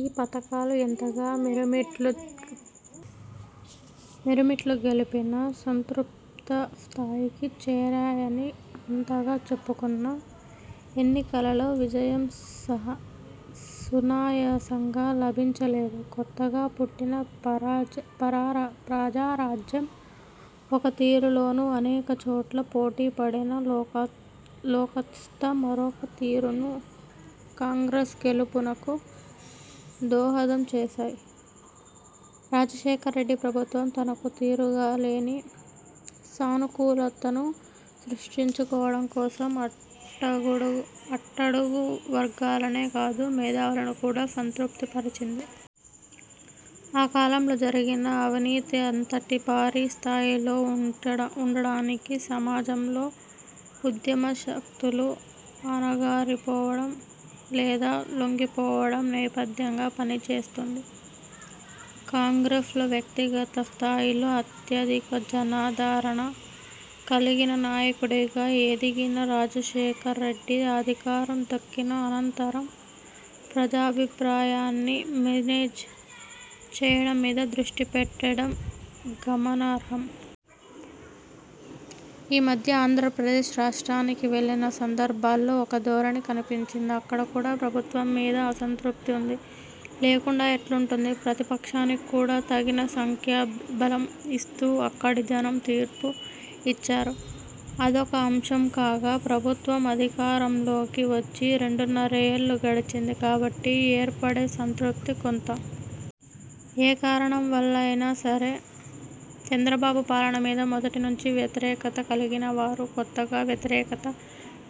ఈ పథకాలు ఎంతగా మిరుమిట్లు గొలిపినా, సంతృప్తస్థాయికి చేరాయని ఎంతగా చెప్పుకున్నా, ఎన్నికలలో విజయం సునాయాసంగా లభించలేదు. కొత్తగా పుట్టిన ప్రజారాజ్యం ఒక తీరులోను, అనేక చోట్ల పోటీపడిన లోక్సత్తా మరొక తీరులోను, కాంగ్రెస్ గెలుపునకు దోహదం చేశాయి. రాజశేఖరరెడ్డి ప్రభుత్వం తనకు తిరుగులేని సానుకూలతను సృష్టించుకోవడం కోసం, అట్టడుగు వర్గాలనే కాదు, మేధావులను కూడా సంతృప్తిపరిచింది. ఆ కాలంలో జరిగిన అవినీతి అంతటి భారీ స్థాయిలో ఉండడానికి, సమాజంలో ఉద్యమశక్తులు అణగారిపోవడం, లేదా లొంగిపోవడం నేపథ్యంగా పనిచేసింది. కాంగ్రెస్లో వ్యక్తిగత స్థాయిలో అత్యధిక జనాదరణ కలిగిన నాయకుడిగా ఎదిగిన రాజశేఖరరెడ్డి, అధికారం దక్కిన అనంతరం ప్రజాభిప్రాయాన్ని 'మేనేజ్' చేయడం మీద దృష్టిపెట్టడం గమనార్హం. ఈ మధ్య ఆంధ్రప్రదేశ్ రాష్ర్టానికి వెళ్లిన సందర్భాలలో ఒక ధోరణి కనిపించింది. అక్కడ కూడా ప్రభుత్వం మీద అసంతృప్తి ఉన్నది. లేకుండా ఎట్లా ఉంటుంది? ప్రతిపక్షానికి కూడా తగిన సంఖ్యాబలం ఇస్తూ అక్కడి జనం తీర్పు ఇచ్చారు. అదొక అంశం కాగా, ప్రభుత్వం అధికారంలోకి వచ్చి రెండున్నరేళ్లు గడిచింది కాబట్టి ఏర్పడే సంతృప్తి కొంత. ఏ కారణం వల్ల అయినా సరే, చంద్రబాబు పాలన మీద మొదటి నుంచి వ్యతిరేకత కలిగినవారు, కొత్తగా వ్యతిరేకత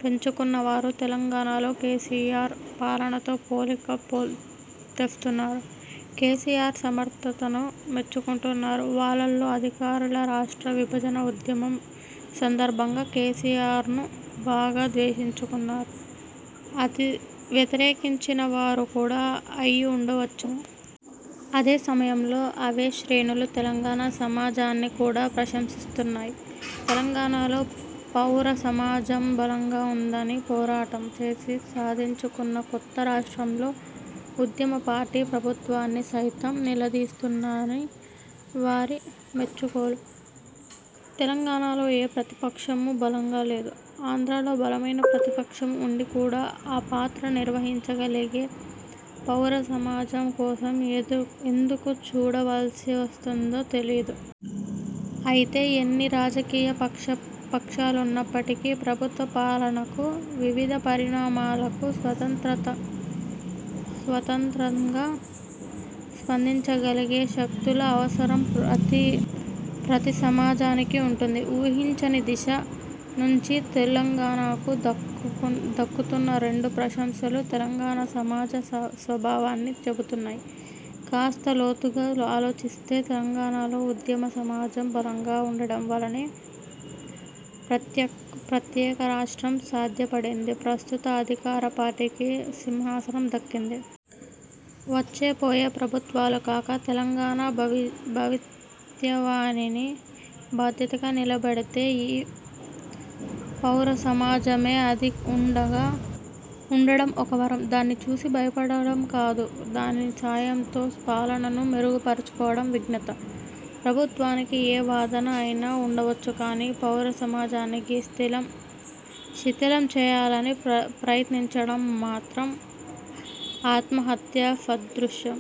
పెంచుకున్నవారు- తెలంగాణలో కేసీఆర్ పాలనతో పోలిక తెస్తున్నారు. కేసీఆర్ సమర్థతను మెచ్చుకుంటున్నారు. వాళ్లలో అధికులు రాష్ట్ర విభజన ఉద్యమం సందర్భంగా కేసీఆర్ను బాగా ద్వేషించినవారు, వ్యతిరేకించిన వారు కూడా అయి ఉండవచ్చును. అదే సమయంలో, అవే శ్రేణులు తెలంగాణ సమాజాన్ని కూడా ప్రశంసిస్తున్నాయి. తెలంగాణలో పౌరసమాజం బలంగా ఉన్నదని, పోరాటం చేసి సాధించుకున్న కొత్త రాష్ట్రంలో ఉద్యమపార్టీ ప్రభుత్వాన్ని సైతం నిలదీస్తున్నదని వారి మెచ్చుకోలు. తెలంగాణలో ఏ ప్రతిపక్షమూ బలంగా లేదు. ఆంధ్రలో బలమైన ప్రతిపక్షం ఉండి కూడా, ఆ పాత్ర నిర్వహించగలిగే పౌరసమాజం కోసం ఎందుకు చూడవలసి వస్తున్నదో తెలియదు. అయితే, ఎన్ని రాజకీయపక్షాలున్నప్పటికీ, ప్రభుత్వ పాలనకు, వివిధ పరిణామాలకు స్వతంత్రంగా స్పందించగలిగే శక్తుల అవసరం ప్రతి సమాజానికీ ఉంటుంది. ఊహించని దిశ నుంచి తెలంగాణకు దక్కుతున్న రెండు ప్రశంసలూ తెలంగాణ సమాజ స్వభావాన్ని చెబుతున్నాయి. కాస్త లోతుగా ఆలోచిస్తే, తెలంగాణలో ఉద్యమసమాజం బలంగా ఉండడం వల్లనే ప్రత్యేక రాష్ట్రం సాధ్యపడింది, ప్రస్తుత అధికారపార్టీకి సింహాసనం దక్కింది. వచ్చే పోయే ప్రభుత్వాలు కాక, తెలంగాణ భవితవ్యానికి బాధ్యతగా నిలబడేది ఈ పౌరసమాజమే. అది ఉండడం ఒక వరం. దాన్ని చూసి భయపడడం కాదు, దాని సాయంతో పాలనను మెరుగుపరుచుకోవడం విజ్ఞత. ప్రభుత్వానికి ఏ వాదన అయినా ఉండవచ్చు కానీ, పౌరసమాజాన్ని శిథిలం చేయాలని ప్రయత్నించడం మాత్రం ఆత్మహత్యా సదృశం.